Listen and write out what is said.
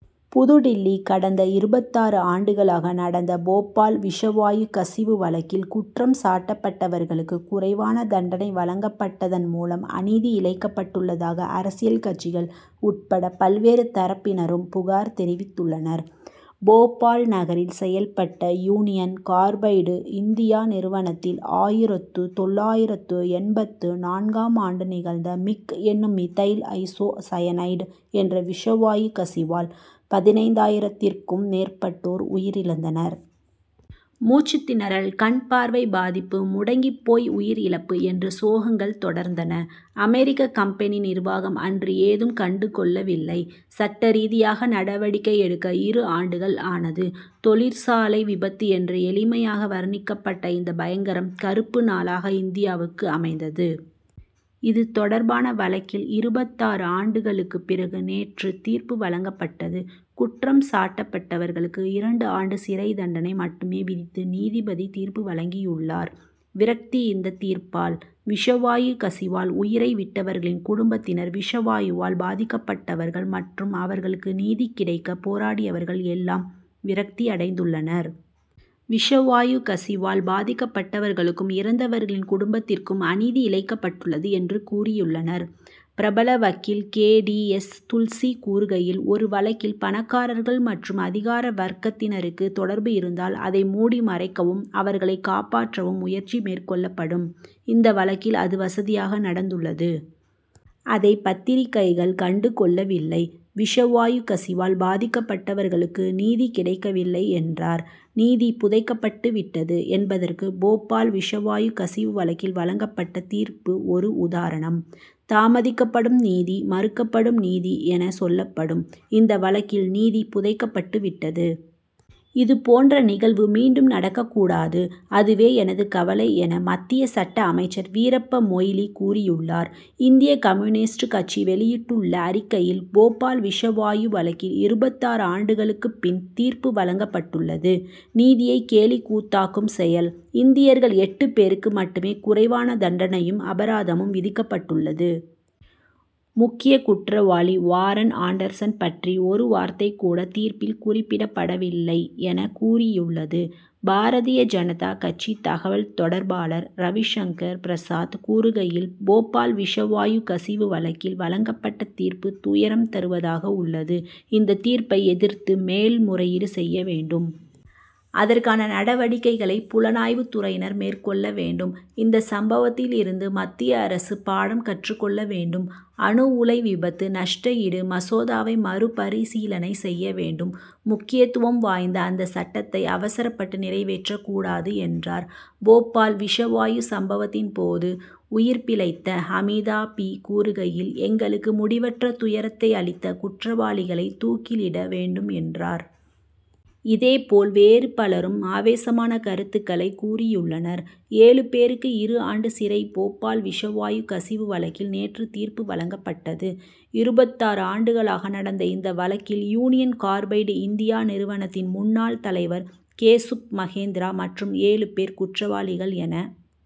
புதுடில்லி கடந்த இருபத்தாறு ஆண்டுகளாக நடந்தபோபால் விஷவாயு கசிவு வழக்கில், குற்றம் சாட்டப்பட்டவர்களுக்கு குறைவான தண்டனை வழங்கப்பட்டதன் மூலம் அநீதி இழைக்கப் பட்டுள்ளதாக அரசியல் கட்சிகள் உட்பட பல்வேறு தரப்பினரும் புகார் தெரிவித்துள்ளனர். போபால் நகரில் செயல் பட்ட யூனியன் கார்பைடு இந்தியா நிறுவனத்தில், ஆயிரத்து தொள்ளாயிரத்து எண்பத்து நான்காம் ஆண்டு நிகழ்ந்த, மிக் என்னும் மிதைல் ஐசோ சயனைடு என்ற விஷவாயு கசிவால், பதினைந்தாயிரத்திற்கும் மேற்பட்டோர் உயிரிழந்தனர். மூச்சுத்திணறல், கண் பார்வை பாதிப்பு, முடங்கிப் போய் உயிர்இழப்பு என்று சோகங்கள் தொடர்ந்தன. அமெரிக்க கம்பெனி நிர்வாகம் அன்று ஏதும் கண்டு கொள்ளவில்லை. சட்டரீதியாக நடவடிக்கை எடுக்க இரு ஆண்டுகள் ஆனது. தொழிற்சாலை விபத்து என்று எளிமையாக வர்ணிக்கப்பட்ட இந்த பயங்கரம், கறுப்பு நாளாக இந்தியாவுக்கு அமைந்தது. இதுதொடர்பான வழக்கில் இருபத்தாறு ஆண்டுகளுக்கு பிறகு நேற்று தீர்ப்பு வழங்கப் பட்டது. குற்றம் சாட்டப் பட்டவர்களுக்கு இரண்டு ஆண்டு சிறைத் தண்டனை மட்டுமே விதித்து நீதிபதி தீர்ப்பு வழங்கியுள்ளார். விரக்தி இந்த தீர்ப்பால், விஷவாயு கசிவால் உயிரை விட்டவர்களின் குடும்பத் தினர், விஷவாயுவால் பாதிக்கப்பட்டவர்கள் மற்றும் அவர்களுக்கு நீதி கிடைக்க போராடியவர்கள் எல்லாம் விரக்தி அடைந்துள்ளனர். விஷவாயு கசிவால் பாதிக்கப் பட்டவர்களுக்கும், இறந்தவர்களின் குடும்பத்திற்கும் அநீதிஇழைக்கப் பட்டுள்ளது என்று கூறியுள்ளனர். பிரபலவக்கீல் கே. டி. எஸ். துல்சி கூறுகையில், ஒரு வழக்கில் பணக்காரர்கள் மற்றும் அதிகார வர்க்கத்தினருக்கு தொடர்பு இருந்தால், அதை மூடி மறைக்கவும், அவர்களை காப்பாற்றவும் முயற்சி மேற்கொள்ளப்படும். இந்த வழக்கில் அது வசதியாக நடந்துள்ளது. அதைப் பத்திரிகைகள் கண்டு கொள்ளவில்லை. விஷவாயு கசிவால் பாதிக்கப்பட்டவர்களுக்கு நீதி கிடைக்கவில்லை என்றார். நீதி புதைக்கப்பட்டு விட்டது என்பதற்கு போபால் விஷவாயு கசிவு வழக்கில் வழங்கப்பட்ட தீர்ப்பு ஒரு உதாரணம். தாமதிக்கப்படும் நீதி, மறுக்கப்படும் நீதி என, சொல்லப்படும். இந்த வழக்கில் நீதி புதைக்கப் பட்டு விட்டது. இதுபோன்ற நிகழ்வு மீண்டும் நடக்கக் கூடாது. அதுவே எனது கவலை என, மத்திய சட்ட அமைச்சர் வீரப்ப மொய்லி கூறியுள்ளார். இந்திய கம்யூனிஸ்ட் கட்சி வெளியிட்டுள்ள அறிக்கையில், போபால் விஷவாயு வழக்கில் இருபத்தாறு ஆண்டுகளுக்குப் பின் தீர்ப்புவழங்கப் பட்டுள்ளது நீதியை கேலிக் கூத்தாக்கும் செயல். இந்தியர்கள் எட்டு பேருக்கு மட்டுமே குறைவான தண்டனையும், அபராதமும் விதிக்கப்பட்டுள்ளது. முக்கிய குற்றவாளி வாரன் ஆண்டர்சன் பற்றி ஒரு வார்த்தை கூட தீர்ப்பில் குறிப்பிடப்படவில்லை என, கூறியுள்ளது. பாரதிய ஜனதா கட்சி தகவல் தொடர்பாளர் ரவிசங்கர் பிரசாத் கூறுகையில், போபால் விஷவாயு கசிவு வழக்கில் வழங்கப்பட்ட தீர்ப்பு துயரம் தருவதாக உள்ளது. இந்தத் தீர்ப்பை எதிர்த்து மேல் முறையீடு செய்ய வேண்டும். அதற்கான நடவடிக்கைகளை புலனாய்வுத் துறையினர் மேற்கொள்ள வேண்டும். இந்த சம்பவத்தில் இருந்து மத்திய அரசு பாடம் கற்றுக் கொள்ள வேண்டும். அணு உலை விபத்து நஷ்டஈடு மசோதாவை மறுபரிசீலனை செய்ய வேண்டும். முக்கியத்துவம் வாய்ந்த அந்தச் சட்டத்தை அவசரப்பட்டு நிறைவேற்றக் கூடாது என்றார். போபால் விஷவாயு சம்பவத்தின் போது, உயிர் பிழைத்த ஹமீதா பீ கூறுகையில், எங்களுக்கு முடிவற்ற துயரத்தை அளித்த குற்றவாளிகளை தூக்கிலிட வேண்டும் என்றார். இதேபோல், வேறு பலரும் ஆவேசமான கருத்துக்களைக் கூறியுள்ளனர். ஏழு பேருக்கு இரு ஆண்டு சிறை போபால் விஷவாயு கசிவு வழக்கில் நேற்று தீர்ப்பு வழங்கப்பட்டது. இருபத்தாறு ஆண்டுகளாக நடந்த இந்த வழக்கில், யூனியன் கார்பைடு இந்தியா நிறுவனத்தின் முன்னாள் தலைவர் கேசுப் மகேந்திரா மற்றும் ஏழு பேர் குற்றவாளிகள் என,